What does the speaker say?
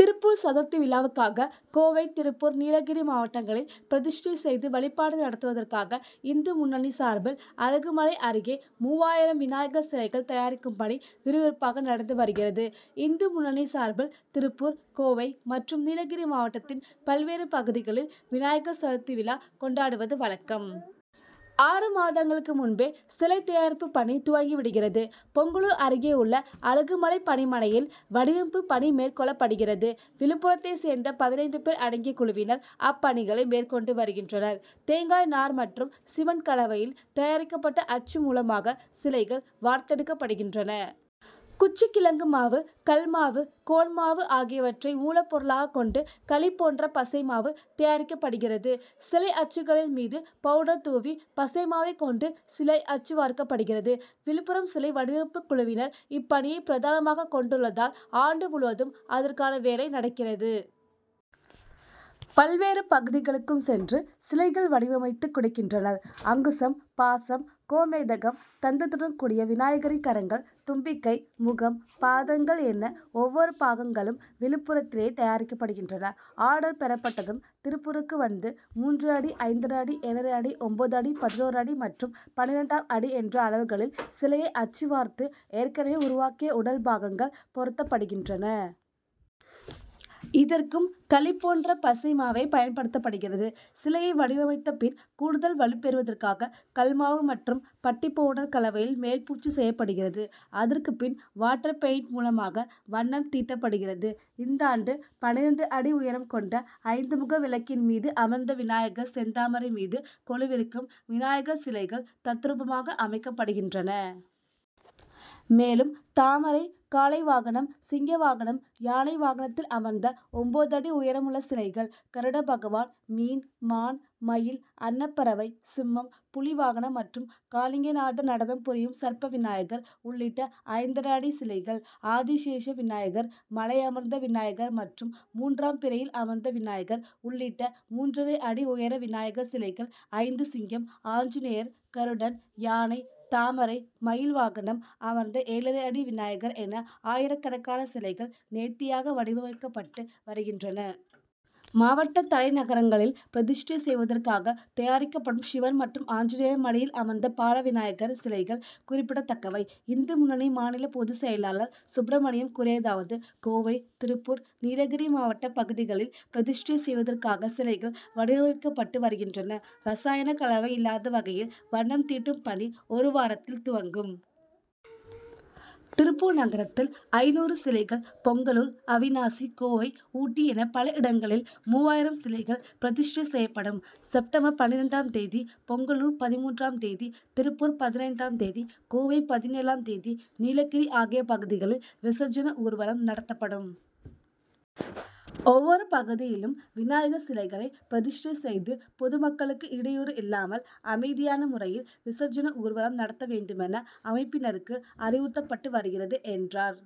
திருப்பூர் சதுர்த்தி விழாவுக்காக, கோவை, திருப்பூர், நீலகிரி மாவட்டங்களில் பிரதிஷ்டை செய்து வழிபாடு நடத்துவதற்காக, இந்து முன்னணி சார்பில் அலகுமலை அருகே மூவாயிரம் விநாயகர் சிலைகள் தயாரிக்கும் பணி விறுவிறுப்பாக நடந்து வருகிறது. இந்து முன்னணி சார்பில், திருப்பூர், கோவை மற்றும் நீலகிரி மாவட்டத்தின் பல்வேறு பகுதிகளில் விநாயகர் சதுர்த்தி விழா கொண்டாடுவது வழக்கம். ஆறு மாதங்களுக்கு முன்பே, சிலை தயாரிப்பு பணி துவங்கி விடுகிறது. பொங்கலூர் அருகே உள்ள அலகுமலை பணிமனையில், வடிவமைப்பு பணி மேற் கொள்ளப்படுகிறது. விழுப்புரத்தைச் சேர்ந்த பதினைந்து பேர் அடங்கிய குழுவினர், அப்பணிகளை மேற்கொண்டு வருகின்றனர். தேங்காய் நார் மற்றும் சிமென்ட் கல வையில் தயாரிக்கப்பட்ட அச்சு மூலமாக சிலைகள் வார்த்தெடுக்கப்படுகின்றன. குச்சிக்கிழங்கு மாவு, கல் மாவு, கோன் மாவு ஆகியவற்றை மூலப்பொருளாக கொண்டு, களி போன்ற பசை மாவு தயாரிக்கப்படுகிறது. சிலை அச்சுக்களின் மீது பவுடர் தூவி, பசை மாவைக் கொண்டு சிலை அச்சு வார்க்கப்படுகிறது. விழுப்புரம் சிலை வடிவமைப்பு குழுவினர், இப்பணியை பிரதானமாக கொண் டுள்ளதால், ஆண்டு முழுவதும் அதற்கான வேலை நடக்கிறது. பல்வேறு பகுதிகளுக்கும் சென்று சிலைகள் வடிவமைத்து கொடுக்கின்றனர். அங்குசம், பாசம், கோமேதகம், தந்தத்துடன் கூடிய விநாயகரின் கரங்கள், தும்பிக்கை, முகம், பாதங் கள் என, ஒவ்வொரு பாகங்களும் விழுப் புரத்திலேயே தயாரிக்கப்படுகின்றன. ஆர்டர் பெறப்பட்டதும், திருப்பூருக்கு வந்து மூன்றரை அடி, ஐந்தரை அடி, ஏழரை அடி, ஒன்பது அடி, பதினொரு அடி மற்றும் பன்னிரண்டாம் அடி என்ற அளவுகளில் சிலையை அச்சு வார்த்து, ஏற்க னவே உருவாக்கிய உடல் பாகங்கள் பொருத் தப்படுகின்றன. இதற்கும், களி போன்ற பசைமாவே பயன்படுத்தப்படுகிறது. சிலையை வடிவமைத்த பின், கூடுதல் வலுப்பெறுவதற்காக கல் மாவு மற்றும் பட்டிப்பவுடர் கலவையில் மேல்பூச்சு செய்யப்படுகிறது. அதற்குப்பின், வாட்டர் பெயிண்ட் மூலமாக வண்ணம் தீட்டப்படுகிறது. இந்தாண்டு, பன்னிரண்டு அடி உயரம் கொண்ட ஐந்துமுக விளக்கின் மீது அமர்ந்த விநாயகர், செந்தாமரை மீது கொலுவிருக்கும் விநாயகர் சிலைகள் தத்ரூபமாக அமைக்கப்படுகின்றன. மேலும், தாமரை, காளை வாகனம், சிங்க வாகனம், யானை வாகனத்தில் அமர்ந்த ஒன்பது அடி உயரமுள்ள சிலைகள்; கருடபகவான், மீன், மான், மயில், அன்னப்பறவை, சிம்மம், புலி வாகனம் மற்றும் காளிங்கநாத நடனம் புரியும் சர்ப்ப விநாயகர் உள்ளிட்ட ஐந்தரை அடி சிலைகள். ஆதிசேஷ விநாயகர், மலை அமர்ந்த விநாயகர் மற்றும் மூன்றாம் பிறையில் அமர்ந்த விநாயகர் உள்ளிட்ட மூன்றரை அடி உயர விநாயகர் சிலைகள் ஐந்து சிங்கம், ஆஞ்சநேயர், கருடன், யானை, தாமரை, மயில் வாகனம் அமர்ந்த ஏழரை அடி விநாயகர் என, ஆயிரக்கணக்கான சிலைகள் நேர்த்தியாக வடிவமைக்கப்பட்டு வருகின்றன. மாவட்ட தலைநகரங்களில் பிரதிஷ்டை செய்வதற்காக தயாரிக்கப் படும் சிவன் மற்றும் ஆஞ்சநேயர் மடியில் அமர்ந்த பாலவிநாயகர் சிலைகள் குறிப் பிடத்தக்கவை. இந்து முன்னணி மாநில பொது செயலாளர் சுப்ரமணியம் கூறியதாவது கோவை, திருப்பூர், நீலகிரி மாவட்ட பகுதிகளில் பிரதிஷ்டை செய்வதற்காக சிலைகள் வடிவமைக்கப்பட்டு வருகின்றன. ரசாயன கலவை இல்லாத வகையில், வண்ணம் தீட்டும் பணி, ஒரு வாரத்தில் துவங்கும். திருப்பூர் நகரத்தில் ஐந்நூறு சிலைகள், பொங்கலூர், அவிநாசி, கோவை, ஊட்டி என பல இடங்களில் மூவாயிரம் சிலைகள் பிரதிஷ்டை செய்யப்படும். செப்., பன்னிரண்டாம் தேதி பொங்கலூர், பதின்மூன்றாம் தேதி திருப்பூர், பதினைந்தாம் தேதி கோவை, பதினேழாம் தேதி நீலகிரி ஆகிய பகுதிகளில் விசர்ஜன ஊர்வலம் நடத்தப்படும். ஒவ்வொரு பகுதியிலும், விநாயகர் சிலைகளை பிர திஷ்டை செய்து, பொதுமக்களுக்கு இடையூறு இல்லாமல், அமைதியான முறையில் விசர்ஜன ஊர்வலம் நடத்த வேண்டுமென, அமைப்பினருக்கு அறிவுறுத்தப்பட்டு வருகிறது, என்றார்.